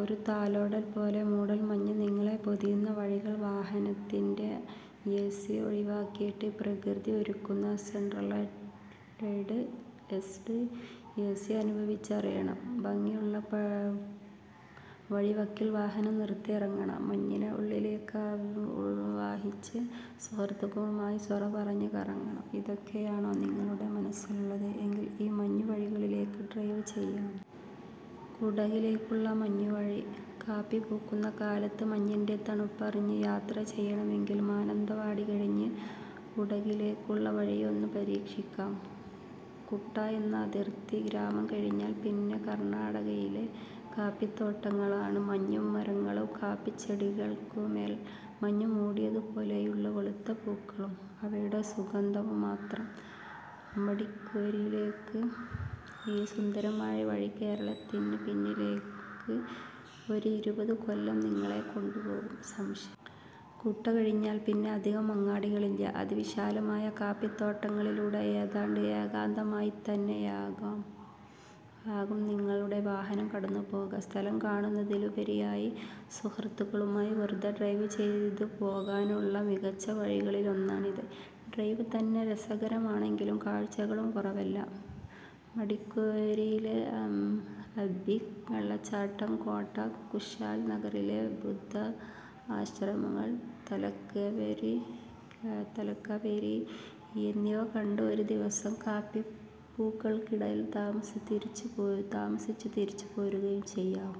ഒരു തലോടൽ പോലെ മൂടൽമഞ്ഞ് നിങ്ങളെ പൊതിയുന്ന വഴികൾ. വാഹനത്തിൻ്റെ എ.സി. ഒഴിവാക്കിയിട്ട് പ്രകൃതി ഒരുക്കുന്ന സെൻട്രലൈസ്ഡ് എ.സി. അനുഭവിച്ചറിയണം. ഭംഗിയുള്ള വഴിവക്കിൽ വാഹനം നിർത്തി ഇറങ്ങണം, മഞ്ഞിനെ ഉള്ളിലേക്കാവാഹിച്ച് സുഹൃത്തുക്കളുമായി സൊറ പറഞ്ഞ് കറങ്ങണം. ഇതൊക്കെയാണോ നിങ്ങളുടെ മനസ്സിലുള്ളത്? എങ്കിൽ ഈ മഞ്ഞുവഴികളിലേക്ക് ഡ്രൈവ് ചെയ്യാം. കുടകിലേക്കുള്ള മഞ്ഞുവഴി. കാപ്പി പൂക്കുന്ന കാലത്ത് മഞ്ഞിൻ്റെ തണുപ്പറിഞ്ഞ് യാത്ര ചെയ്യണമെങ്കിൽ മാനന്തവാടി കഴിഞ്ഞ് കുടകിലേക്കുള്ള വഴിയൊന്ന് പരീക്ഷിക്കാം. കുട്ട എന്ന അതിർത്തി ഗ്രാമം കഴിഞ്ഞാൽ പിന്നെ കർണാടകയിലെ കാപ്പിത്തോട്ടങ്ങളാണ്. മഞ്ഞും മരങ്ങളും കാപ്പിച്ചെടികൾക്കുമേൽ മഞ്ഞുമൂടിയതുപോലെയുള്ള വെളുത്ത പൂക്കളും അവയുടെ സുഗന്ധവും മാത്രം! മടിക്കേരിയിലേക്കുള്ള ഈ സുന്ദരമായ വഴി കേരളത്തിന് പിന്നിലേക്ക് ഒരു ഇരുപത് കൊല്ലം നിങ്ങളെ കൊണ്ടുപോകും; സംശയ. കുട്ട കഴിഞ്ഞാൽ പിന്നെ അധികം അങ്ങാടികളില്ല. അതിവിശാലമായ കാപ്പിത്തോട്ടങ്ങളിലൂടെ ഏതാണ്ട് ഏകാന്തമായിത്തന്നെയാകും നിങ്ങളുടെ വാഹനം കടന്നുപോകുക. സ്ഥലം കാണുന്നതിലുപരിയായി സുഹൃത്തുക്കളുമായി വെറുതെ ഡ്രൈവ് ചെയ്തുപോകാനുള്ള മികച്ച വഴികളിലൊന്നാണിത്. ഡ്രൈവ് തന്നെ രസകരമാണെങ്കിലും കാഴ്ചകളും കുറവല്ല. മടിക്കേരിയിലെ അബ്ബി വെള്ളച്ചാട്ടം, കോട്ട, കുശാൽനഗറിലെ ബുദ്ധ ആശ്രമങ്ങൾ, തലക്കാവേരി എന്നിവ കണ്ട്, ഒരു ദിവസം കാപ്പിപ്പൂക്കൾക്കിടയിൽ താമസിച്ച് തിരിച്ചുപോരുകയും ചെയ്യാം.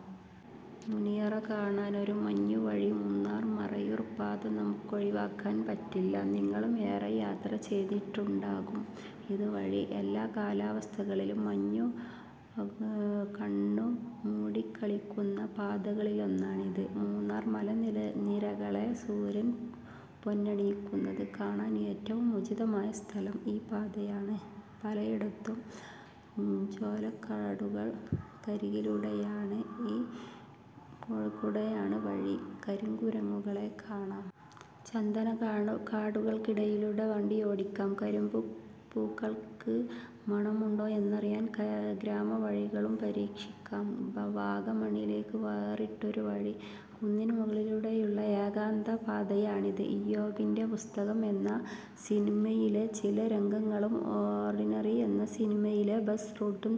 മുനിയറ കാണാനൊരു മഞ്ഞുവഴി മൂന്നാർ - മറയൂർ പാത നമുക്കൊഴിവാക്കാൻ പറ്റില്ല. നിങ്ങളും ഏറെ യാത്ര ചെയ്തിട്ടുണ്ടാകും ഇതുവഴി. എല്ലാ കാലാവസ്ഥകളിലും മഞ്ഞു കണ്ണുമൂടിക്കളിക്കുന്ന പാതകളിലൊന്നാണിത്. മൂന്നാർ മലനിരകളെ സൂര്യൻ പൊന്നണിയിക്കുന്നത് കാണാൻ ഏറ്റവും ഉചിതമായ സ്ഥലം ഈ പാതയാണ്. പലയിടത്തും ചോലക്കാടുകൾക്കരികിലൂടെയാണ് വഴി. കരിങ്കുരങ്ങുകളെ കാണാം. ചന്ദനക്കാടുകൾക്കിടയിലൂടെ വണ്ടിയോടിക്കാം. കരിമ്പിൻപൂക്കൾക്ക് മണമുണ്ടോ എന്നറിയാൻ ഗ്രാമവഴികളും പരീക്ഷിക്കാം. വാഗമണ്ണിലേക്ക് വേറിട്ടൊരു വഴി കുന്നിൻമുകളിലൂടെയുള്ള ഏകാന്തപാതയാണിത്. 'ഇയ്യോബിൻ്റെ പുസ്തകം' എന്ന സിനിമയിലെ ചില രംഗങ്ങളും 'ഓർഡിനറി' എന്ന സിനിമയിലെ ബസ് റൂട്ടും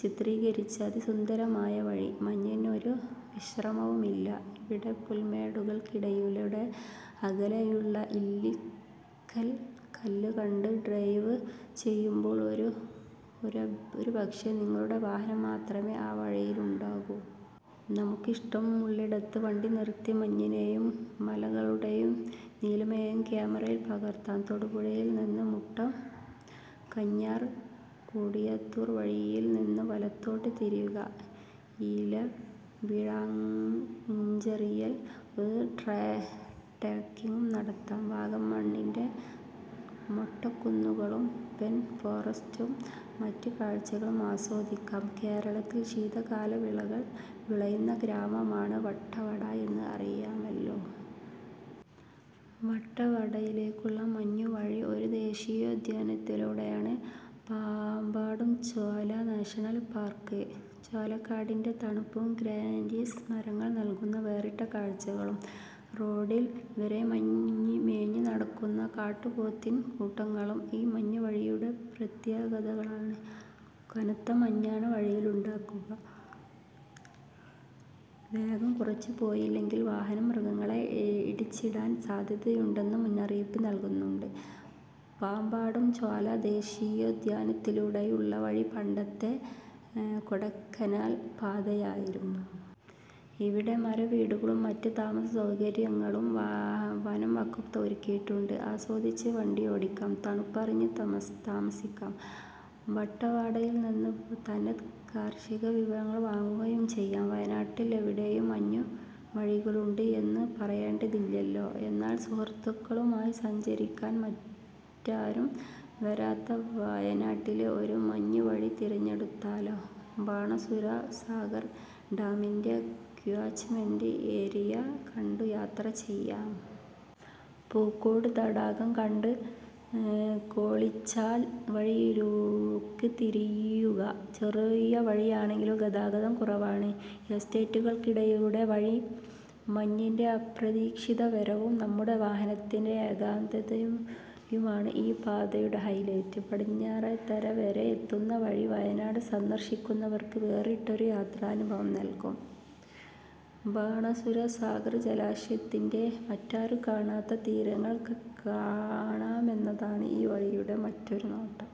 ചിത്രീകരിച്ച അതിസുന്ദരമായ വഴി. മഞ്ഞിന് ഒരു വിശ്രമവുമില്ല ഇവിടെ! പുൽമേടുകൾക്കിടയിലൂടെ അകലെയുള്ള ഇല്ലിക്കൽകല്ല് കണ്ട് ഡ്രൈവ് ചെയ്യുമ്പോൾ, ഒരു ഒരുപക്ഷേ നിങ്ങളുടെ വാഹനം മാത്രമേ ആ വഴിയിലുണ്ടാകൂ. നമുക്കിഷ്ടമുള്ളിടത്ത് വണ്ടി നിർത്തി മഞ്ഞിനെയും മലകളുടെ നീലിമയെയും ക്യാമറയിൽ പകർത്താം. തൊടുപുഴയിൽ നിന്ന് മുട്ടം - കാഞ്ഞാർ - കൊടിയത്തൂർ വഴിയിൽ നിന്ന് വലത്തോട്ട് തിരിയുക. ഇലവീഴാപൂഞ്ചിറയിൽ ഒരു ട്രെക്കിംഗും നടത്താം. വാഗമണ്ണിൻ്റെ മൊട്ടക്കുന്നുകളും പൈൻ ഫോറസ്റ്റും മറ്റ് കാഴ്ചകളും ആസ്വദിക്കാം. കേരളത്തിൽ ശീതകാല വിളകൾ വിളയുന്ന ഗ്രാമമാണ് വട്ടവട എന്ന് അറിയാമല്ലോ. വട്ടവടയിലേക്കുള്ള മഞ്ഞുവഴി ഒരു ദേശീയോദ്യാനത്തിലൂടെയാണ്; പാമ്പാടുംചോല നാഷണൽ പാർക്ക്! ചോലക്കാടിൻ്റെ തണുപ്പും ഗ്രാൻ്റീസ് മരങ്ങൾ നൽകുന്ന വേറിട്ട കാഴ്ചകളും റോഡിൽ വരെ മേഞ്ഞുനടക്കുന്ന കാട്ടുപോത്തിൻകൂട്ടങ്ങളും ഈ മഞ്ഞുവഴിയുടെ പ്രത്യേകതകളാണ്. കനത്ത മഞ്ഞാണ് വഴിയിലുണ്ടാകുക. വേഗം കുറച്ചുപോയില്ലെങ്കിൽ വാഹനം മൃഗങ്ങളെ ഇടിച്ചിടാൻ സാധ്യതയുണ്ടെന്ന് മുന്നറിയിപ്പ് നൽകുന്നുണ്ട്. പാമ്പാടുംചോല ദേശീയോദ്യാനത്തിലൂടെയുള്ള വഴി പണ്ടത്തെ കൊടൈക്കനാൽ പാതയായിരുന്നു. ഇവിടെ മരവീടുകളും മറ്റ് താമസസൗകര്യങ്ങളും വനംവകുപ്പ് ഒരുക്കിയിട്ടുണ്ട്. ആസ്വദിച്ച് വണ്ടിയോടിക്കാം; തണുപ്പറിഞ്ഞ് താമസിക്കാം. വട്ടവടയിൽ നിന്ന് തനത് കാർഷികവിഭവങ്ങൾ വാങ്ങുകയും ചെയ്യാം. വയനാട്ടിൽ എവിടെയും മഞ്ഞുവഴികളുണ്ട് എന്ന് പറയേണ്ടതില്ലല്ലോ. എന്നാൽ സുഹൃത്തുക്കളുമായി സഞ്ചരിക്കാൻ മറ്റാരും വരാത്ത വയനാട്ടിലെ ഒരു മഞ്ഞുവഴി തിരഞ്ഞെടുത്താലോ? ബാണാസുര സാഗർ ഡാമിൻ്റെ ക്യാച്ച്‌മെൻ്റ് ഏരിയ കണ്ടു യാത്ര ചെയ്യാം. പൂക്കോട് തടാകം കണ്ട് കോളിച്ചാൽ വഴിയിലേക്ക് തിരിയുക. ചെറുവഴിയാണെങ്കിലും ഗതാഗതം കുറവാണ്. എസ്റ്റേറ്റുകൾക്കിടയിലൂടെയാണ് വഴി. മഞ്ഞിൻ്റെ അപ്രതീക്ഷിത വരവും നമ്മുടെ വാഹനത്തിൻ്റെ ഏകാന്തതയുമാണ് ഈ പാതയുടെ ഹൈലൈറ്റ്. പടിഞ്ഞാറത്തറ വരെയെത്തുന്ന വഴി വയനാട് സന്ദർശിക്കുന്നവർക്ക് വേറിട്ടൊരു യാത്രാനുഭവം നൽകും. ബാണാസുര സാഗർ ജലാശയത്തിൻ്റെ മറ്റാരും കാണാത്ത തീരങ്ങൾ കാണാമെന്നതാണ് ഈ വഴിയുടെ മറ്റൊരു നോട്ടം.